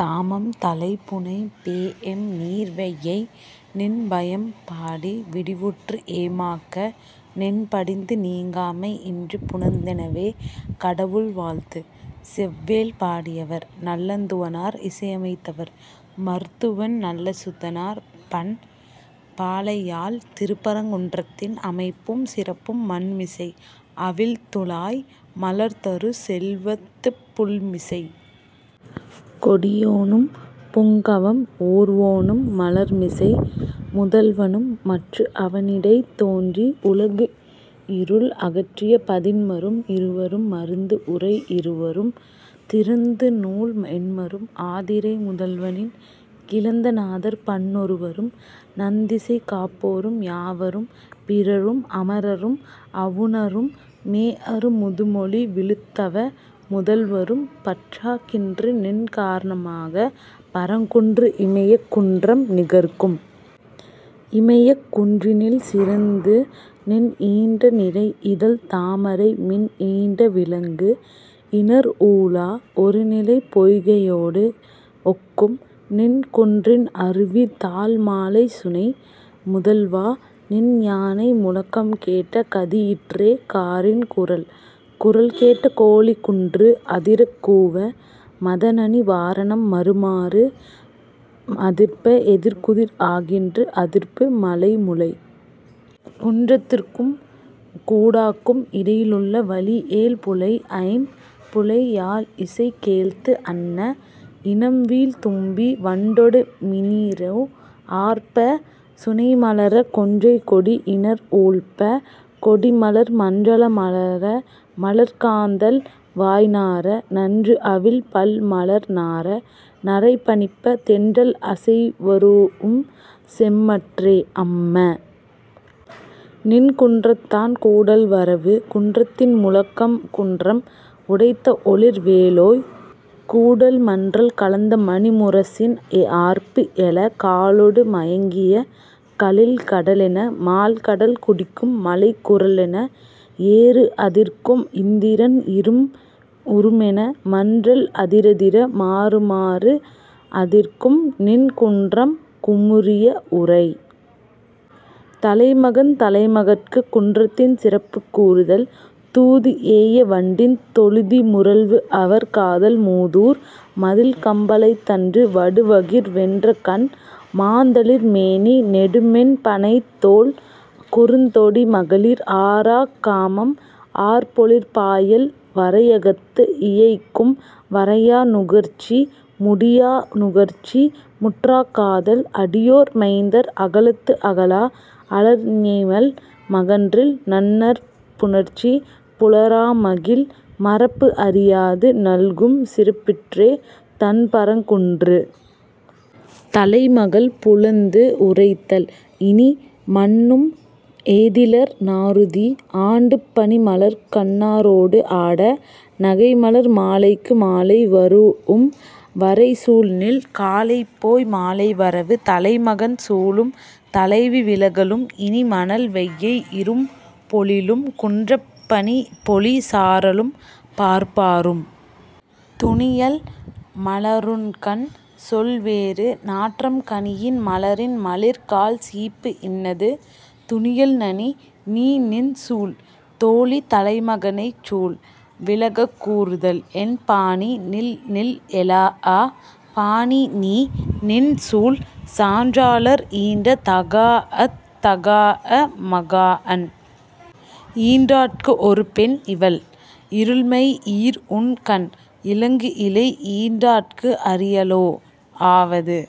தாமம் தலை புனை பேஎம் நீர் வையை! நின் பயம் பாடி விடிவுற்று ஏமாக்க--- நின் படிந்து நீங்காமை இன்று புணர்ந்தெனவே. கடவுள் வாழ்த்து. செவ்வேள் பாடியவர், நல்லந்துவனார் இசையமைத்தவர், மருத்துவன் நல்லச்சுதனார் பண், பாலையாழ் திருப்பரங்குன்றத்தின் அமைப்பும் சிறப்பும் மண்மிசை---அவிழ்துழாய் மலர்தரு செல்வத்துப் புள்மிசைக் கொடியோனும், புங்கவம் ஊர்வோனும், மலர்மிசை முதல்வனும், மற்று அவனிடைத் தோன்றி உலகு இருள் அகற்றிய பதின்மரும், இருவரும், மருந்து உரை இருவரும், திருந்து நூல் எண்மரும், ஆதிரை முதல்வனின் கிளந்த நாதர் பன்னொருவரும், நன் திசை காப்போரும், யாவரும், பிறரும், அமரரும், அவுணரும், மேஅரு முதுமொழி விழுத் தவ முதல்வரும்--- பற்றாகின்று, நின் காரணமாக; பரங்குன்று இமயக் குன்றம் நிகர்க்கும். இமயக் குன்றினில் சிறந்து நின் ஈன்ற நிரை இதழ்த் தாமரை மின் ஈன்ற விளங்கு இணர் ஊழா ஒருநிலைப் பொய்கையோடு ஒக்கும்--- நின் குன்றின் அருவி தாழ் மாலைச் சுனை. முதல்வ! நின் யானை முழக்கம் கேட்ட கதியிற்றே காரின் குரல். குரல் கேட்ட கோழி குன்று அதிரக் கூவ, மத நனி வாரணம் மாறுமாறு அதிர்ப்ப, எதிர்குதிர் ஆகின்று அதிர்ப்பு, மலை முழை. குன்றத்திற்கும் கூடாக்கும் இடையிலுள்ள வழி ஏழ் புழை ஐம் புழை யாழ் இசை கேழ்த்து அன்ன, இனம் வீழ் தும்பி வண்டொடு மிஞிறு ஆர்ப்ப, சுனை மலர, கொன்றை கொடி இணர் ஊழ்ப்ப, கொடி மலர் மன்றல மலர, மலர் காந்தள் வாய் நாற, நன்று அவிழ் பல் மலர் நாற, நறை பனிப்ப, தென்றல் அசைவரூஉம் செம்மற்றே-- அம்ம! நின் குன்றத்தான் கூடல் வரவு. குன்றத்தின் முழக்கம் குன்றம் உடைத்த ஒளிர் வேலோய்! கூடல் மன்றல் கலந்த மணி முரசின் ஆர்ப்பு எழ, காலொடு மயங்கிய கலிழ் கடலென, மால் கடல் குடிக்கும் மழைக் குரலென, ஏறு அதிர்க்கும் இந்திரன் இரும் உருமென, மன்றல் அதிரதிர மாறுமாறு அதிர்க்கும் --நின் குன்றம் குமுறிய உரை. தலைமகன் தலைமகட்குக் குன்றத்தின் சிறப்புக் கூறுதல் 'தூது ஏய வண்டின் தொழுதி முரல்வு அவர் காதல் மூதூர் மதில் கம்பலைத்தன்று; வடு வகிர் வென்ற கண், மாந் தளிர் மேனி, நெடு மென் பணைத் தோள், குறுந் தொடி, மகளிர் ஆராக் காமம், ஆர் பொழிற் பாயல், வரையகத்து, இயைக்கும் வரையா நுகர்ச்சி; முடியா நுகர்ச்சி முற்றாக் காதல், அடியோர் மைந்தர் அகலத்து அகலா அலர் ஞெமல் மகன்றில் நன்னர்ப் புணர்ச்சி, புலரா மகிழ்; மறப்பு அறியாது நல்கும் சிறப்பிற்றே---தண் பரங்குன்று. ' தலைமகள் புலந்து உரைத்தல் 'இனி, மன்னும் ஏதிலர் நாறுதி; ஆண்டுப் பனி மலர்க் கண்ணாரோடு ஆட--நகை மலர் மாலைக்கு மாலை வரூஉம்; வரை சூள் நில்-- காலைப் போய் மாலை வரவு. ' தலைமகன் சூளும் தலைவி விலகலும் 'இனி மணல் வையை இரும் பொழிலும், குன்றப் பனி பொழி சாரலும், பார்ப்பாரும்;.... துனியல், மலருண்கண்! சொல் வேறு; நாற்றம் கனியின் மலரின் மலிர் கால் சீப்பு இன்னது; துனியல் நனி 'நீ நின் சூள். ' தோழி தலைமகனைச் சூள் விலகக்கூறுதல் 'என் பாணி நில் நில்---எலாஅ! --பாணி நீ, நின் சூள்; சான்றாளர் ஈன்ற தகாஅத் தகாஅ மகாஅன்! -- ஈன்றாட்கு ஒரு பெண், இவள். "இருள் மை ஈர் உண் கண் இலங்கு இழை ஈன்றாட்கு அரியளோ? ஆவது